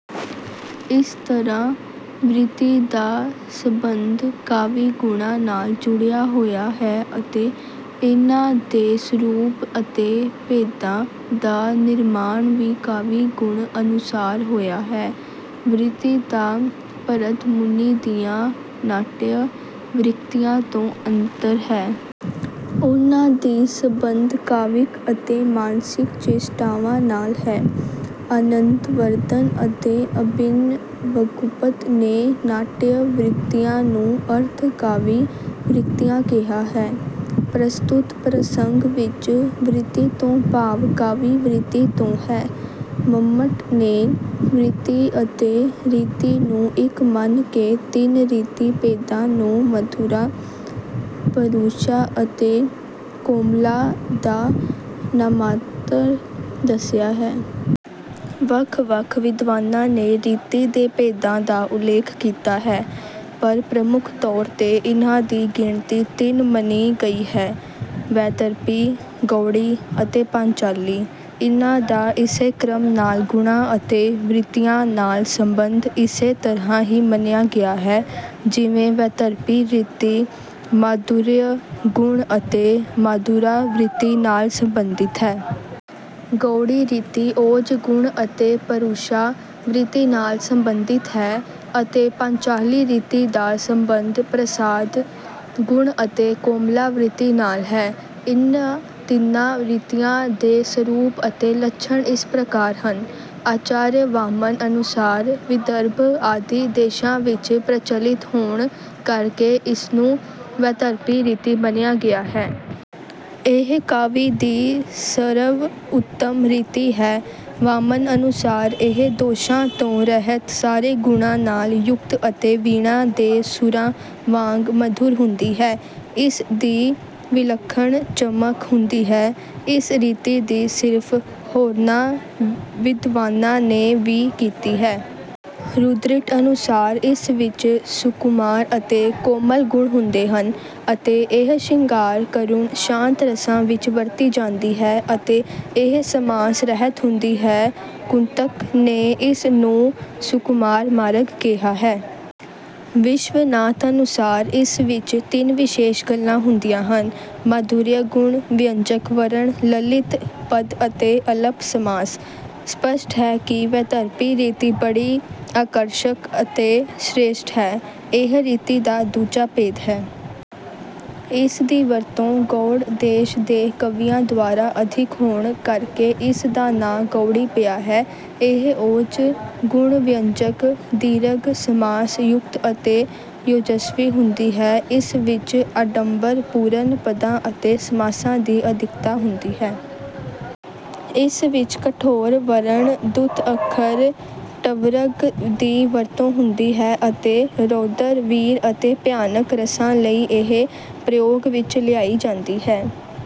ਇਸ ਤਰ੍ਹਾਂ ਵ੍ਰਿਤੀ ਦਾ ਸਬੰਧ ਕਾਵਿ-ਗੁਣਾਂ ਨਾਲ ਜੁੜਿਆ ਹੋਇਆ ਹੈ ਅਤੇ ਇਨ੍ਹਾਂ ਦੇ ਸਰੂਪ ਅਤੇ ਭੇਦਾਂ ਦਾ ਨਿਰਮਾਣ ਵੀ ਕਾਵਿ-ਗੁਣ ਅਨੁਸਾਰ ਹੋਇਆ ਹੈ। ਵ੍ਰਿਤੀ ਦਾ ਭਰਤ ਮੁਨੀ ਦੀਆਂ ਨਾਟਯ ਵ੍ਰਿਤੀਆਂ ਤੋਂ ਅੰਤਰ ਹੈ। ਉਨ੍ਹਾਂ ਦਾ ਸਬੰਧ ਕਾਵਿਕ ਅਤੇ ਮਾਨਸਿਕ ਚੇਸ਼ਟਾਵਾਂ ਨਾਲ ਹੈ। ਆਨੰਦਵਰਧਨ ਅਤੇ ਅਭਿਨਵਗੁਪਤ ਨੇ ਨਾਟਯ ਵ੍ਰਿਤੀਆਂ ਨੂੰ ਅਰਥ-ਕਾਵਿ ਵ੍ਰਿਤੀਆਂ ਕਿਹਾ ਹੈ। ਪ੍ਰਸਤੁਤ ਪ੍ਰਸੰਗ ਵਿੱਚ ਵ੍ਰਿਤੀ ਤੋਂ ਭਾਵ ਕਾਵਿ-ਵ੍ਰਿਤੀ ਤੋਂ ਹੈ। ਮੰਮਟ ਨੇ ਵ੍ਰਿਤੀ ਅਤੇ ਰੀਤੀ ਨੂੰ ਇੱਕ ਮੰਨ ਕੇ ਤਿੰਨ ਰੀਤੀ ਭੇਦਾਂ ਨੂੰ ਮਧੁਰਾ, ਪਰੂਸ਼ਾ ਅਤੇ ਕੋਮਲਾ ਦਾ ਨਾਮਾਂਤਰ ਦੱਸਿਆ ਹੈ। ਵੱਖ-ਵੱਖ ਵਿਦਵਾਨਾਂ ਨੇ ਰੀਤੀ ਦੇ ਭੇਦਾਂ ਦਾ ਉਲੇਖ ਕੀਤਾ ਹੈ, ਪਰ ਪ੍ਰਮੁੱਖ ਤੌਰ 'ਤੇ ਇਨ੍ਹਾਂ ਦੀ ਗਿਣਤੀ ਤਿੰਨ ਮੰਨੀ ਗਈ ਹੈ - ਵੈਦਰਭੀ, ਗੌੜੀ ਅਤੇ ਪਾਂਚਾਲੀ। ਇਨ੍ਹਾਂ ਦਾ ਇਸੇ ਕ੍ਰਮ ਨਾਲ ਗੁਣਾਂ ਅਤੇ ਵ੍ਰਿਤੀਆਂ ਨਾਲ ਸਬੰਧ ਇਸੇ ਤਰ੍ਹਾਂ ਹੀ ਮੰਨਿਆ ਗਿਆ ਹੈ, ਜਿਵੇਂ ਵੈਦਰਭੀ ਰੀਤੀ ਮਾਧੁਰਯ ਗੁਣ ਅਤੇ ਮਧੁਰਾ ਵ੍ਰਿਤੀ ਨਾਲ ਸਬੰਧਿਤ ਹੈ। ਗੌੜੀ ਰੀਤੀ ਓਜ ਗੁਣ ਅਤੇ ਪਰੂਸ਼ਾ ਵ੍ਰਿਤੀ ਨਾਲ ਸਬੰਧਿਤ ਹੈ। ਅਤੇ ਪਾਂਚਾਲੀ ਰੀਤੀ ਦਾ ਸਬੰਧ ਪ੍ਰਸਾਦ ਗੁਣ ਅਤੇ ਕੋਮਲਾ ਵ੍ਰਿਤੀ ਨਾਲ ਹੈ। ਇਨ੍ਹਾਂ ਤਿੰਨਾਂ ਰੀਤੀਆਂ ਦੇ ਸਰੂਪ ਅਤੇ ਲੱਛਣ ਇਸ ਪ੍ਰਕਾਰ ਹਨ - ਆਚਾਰਯ ਵਾਮਨ ਅਨੁਸਾਰ ਵਿਦਰਭ ਆਦਿ ਦੇਸ਼ਾਂ ਵਿੱਚ ਪ੍ਰਚਲਿਤ ਹੋਣ ਕਰਕੇ ਇਸਨੂੰ ਵੈਦਰਭੀ ਰੀਤੀ ਮੰਨਿਆ ਗਿਆ ਹੈ। ਇਹ ਕਾਵਿ ਦੀ ਸਰਵ-ਉੱਤਮ ਰੀਤੀ ਹੈ। ਵਾਮਨ ਅਨੁਸਾਰ ਇਹ ਦੋਸ਼ਾਂ ਤੋਂ ਰਹਿਤ, ਸਾਰੇ ਗੁਣਾਂ ਨਾਲ ਯੁਕਤ ਅਤੇ ਵੀਣਾ ਦੇ ਸੁਰਾਂ ਵਾਂਗ ਮਧੁਰ ਹੁੰਦੀ ਹੈ। ਇਸ ਦੀ ਵਿਲੱਖਣ ਚਮਕ ਹੁੰਦੀ ਹੈ। ਇਸ ਰੀਤੀ ਦੀ ਸਿਫਤ ਹੋਰਨਾਂ ਵਿਦਵਾਨਾਂ ਨੇ ਵੀ ਕੀਤੀ ਹੈ। ਰੁਦ੍ਰਟ ਅਨੁਸਾਰ ਇਸ ਵਿੱਚ ਸੁਕੁਮਾਰ ਅਤੇ ਕੋਮਲ ਗੁਣ ਹੁੰਦੇ ਹਨ। ਅਤੇ ਇਹ ਸ਼ਿੰਗਾਰ, ਕਰੁਣ, ਸ਼ਾਂਤ ਰਸਾਂ ਵਿੱਚ ਵਰਤੀ ਜਾਂਦੀ ਹੈ ਅਤੇ ਇਹ ਸਮਾਸ-ਰਹਿਤ ਹੁੰਦੀ ਹੈ। ਕੁੰਤਕ ਨੇ ਇਸ ਨੂੰ ਸੁਕੁਮਾਰ ਮਾਰਗ ਕਿਹਾ ਹੈ। ਵਿਸ਼ਵਨਾਥ ਅਨੁਸਾਰ ਇਸ ਵਿੱਚ ਤਿੰਨ ਵਿਸ਼ੇਸ਼ ਗੱਲਾਂ ਹੁੰਦੀਆਂ ਹਨ - ਮਾਧੁਰਯ ਗੁਣ-ਵਿਅੰਜਕ ਵਰਣ, ਲਲਿਤ ਪਦ ਅਤੇ ਅਲਪ ਸਮਾਸ। ਸਪੱਸ਼ਟ ਹੈ ਕਿ ਵੈਦਰਭੀ ਰੀਤੀ ਬੜੀ ਆਕਰਸ਼ਕ ਅਤੇ ਸ੍ਰੇਸ਼ਟ ਹੈ। ਇਹ ਰੀਤੀ ਦਾ ਦੂਜਾ ਭੇਦ ਹੈ। ਇਸ ਦੀ ਵਰਤੋਂ ਗੌੜ ਦੇਸ਼ ਦੇ ਕਵੀਆਂ ਦੁਆਰਾ ਅਧਿਕ ਹੋਣ ਕਰਕੇ ਇਸ ਦਾ ਨਾਂ ਗੌੜੀ ਪਿਆ ਹੈ। ਇਹ ਓਜ ਗੁਣ-ਵਿਅੰਜਕ, ਦੀਰਘ ਸਮਾਸ-ਯੁਕਤ ਅਤੇ ਔਜਸਵੀ ਹੁੰਦੀ ਹੈ। ਇਸ ਵਿੱਚ ਆਡੰਬਰ-ਪੂਰਨ ਪਦਾਂ ਅਤੇ ਸਮਾਸਾਂ ਦੀ ਅਧਿਕਤਾ ਹੁੰਦੀ ਹੈ। ਇਸ ਵਿੱਚ ਕਠੋਰ ਵਰਣ, ਦੁੱਤ ਅੱਖਰ, ਟਵਰਗ ਦੀ ਵਰਤੋਂ ਹੁੰਦੀ ਹੈ ਅਤੇ ਰੌਦਰ, ਵੀਰ ਅਤੇ ਭਿਆਨਕ ਰਸਾਂ ਲਈ ਇਹ ਪ੍ਰਯੋਗ ਵਿੱਚ ਲਿਆਈ ਜਾਂਦੀ ਹੈ।